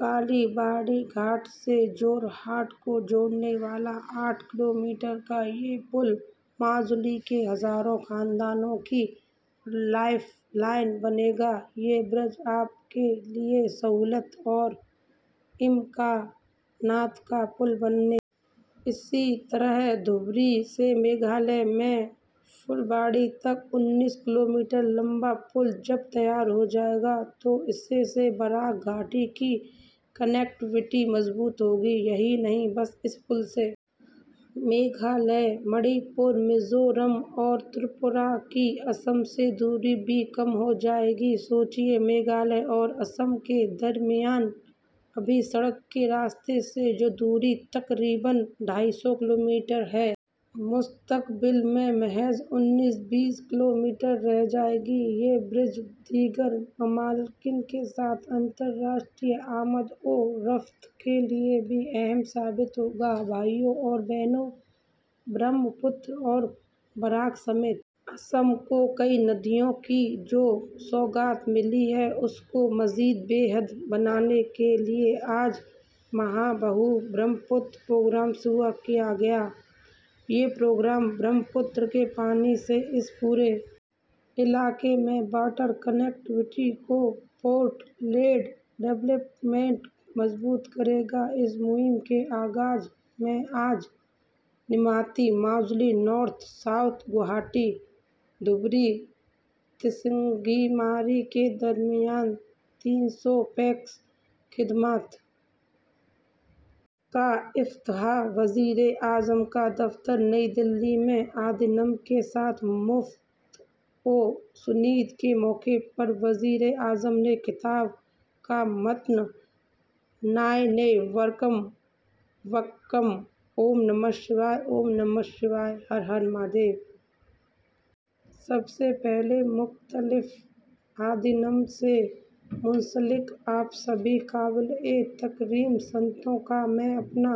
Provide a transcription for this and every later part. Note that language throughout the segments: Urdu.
کالی باڑی گھاٹ سے جورہاٹ کو جوڑنے والا آٹھ کلومیٹر کا یہ پل ماجولی کے ہزاروں خاندانوں کی لائف لائن بنے گا یہ برج آپ کے لیے سہولت اور امکانات کا پل بننے والا ہے اسی طرح ڈھبری سے میگھالیہ میں پھلباری تک انیس کلومیٹر لمبا پل جب تیار ہو جائے گا تو اس سے براک گھاٹی کی کنکٹیویٹی مضبوط ہوگی یہی نہیں اس پل سے میگھالیہ منی پور میزورم اور تریپورہ کی آسام سے دوری بھی کم ہو جائے گی سوچیے میگھالیہ اور آسام کے درمیان ابھی سڑک کے راستے سے جو دوری تقریباً ڈھائی سو کلومیٹر ہے مستقبل میں محض انیس بیس کلومیٹر رہ جائے گی یہ برج دیگر ممالک کے ساتھ بین الاقوامی آمد و رفت کے لیے بھی اہم ثابت ہوگا بھائیو اور بہنو برہمپتر اور براک سمیت آسام کو کئی ندیوں کی جو سوغات ملی ہے اس کو مزید بہتر بنانے کے لیے آج مہا باہو برہمپتر پروگرام شروع کیا گیا ہے یہ پروگرام برہمپتر کے پانی سے اس پورے علاقے میں واٹر کنکٹیویٹی کو پورٹ لیڈ ڈیولپمنٹ کو مضبوط کرے گا اس مہم کے آغاز میں آج نیماتی ماجولی نارتھ اور ساؤتھ گوہاٹی ڈھبری تسنگی ماری کے درمیان تین رو پیکس خدمات کا افتتاح وزیراعظم کا دفتر نئی دہلی میں آدینم کے ساتھ گفت و شنید کے موقع پر وزیراعظم کے خطاب کا متن ناینے ورکم وڑککم اوم نمو شوائے شوائے نمو ہر ہر مہادیو سب سے پہلے مختلف آدینم سے منسلک آپ سبھی قابل تکریم سنتوں کا میں اپنا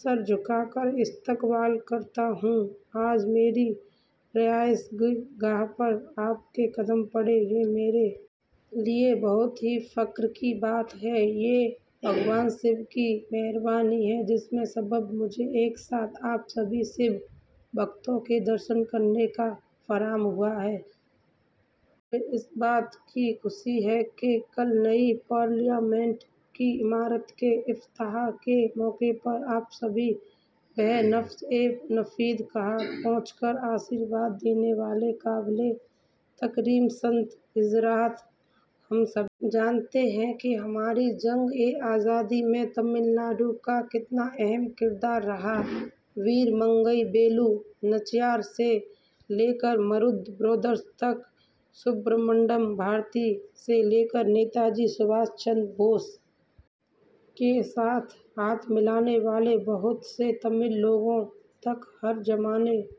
سر جھکا کر استقبال کرتا ہوں آج میری رہائش گاہ پر آپ کے قدم پڑے ہیں یہ میرے لیے بہت ہی فخر کی بات ہے یہ بھگوان شیو کی مہربانی ہے جس کے سبب مجھے ایک ساتھ آپ سبھی شیو بھکتوں کے درشن کرنے کا موقع فراہم ہوا ہے مجھے اس بات کی خوشی ہے کہ کل نئے پارلیمنٹ کی عمارت کے افتتاح کے موقع پر آپ سبھی بہ نفس نفیس وہاں پہنچ کر آشیرواد دینے والے ہیں قابل تکریم سنت حضرات ہم سبھی جانتے ہیں کہ ہماری جنگ آزادی میں تمل ناڈو کا کتنا اہم کردار رہا ہے ویرمنگئی ویلو ناچیار سے لے کر مرودو برادران تک سبرامنیہ بھارتی سے لے کر نیتاجی سبھاش چندر بوس کے ساتھ ہاتھ ملانے والے بہت سے تمل لوگوں تک ہر زمانے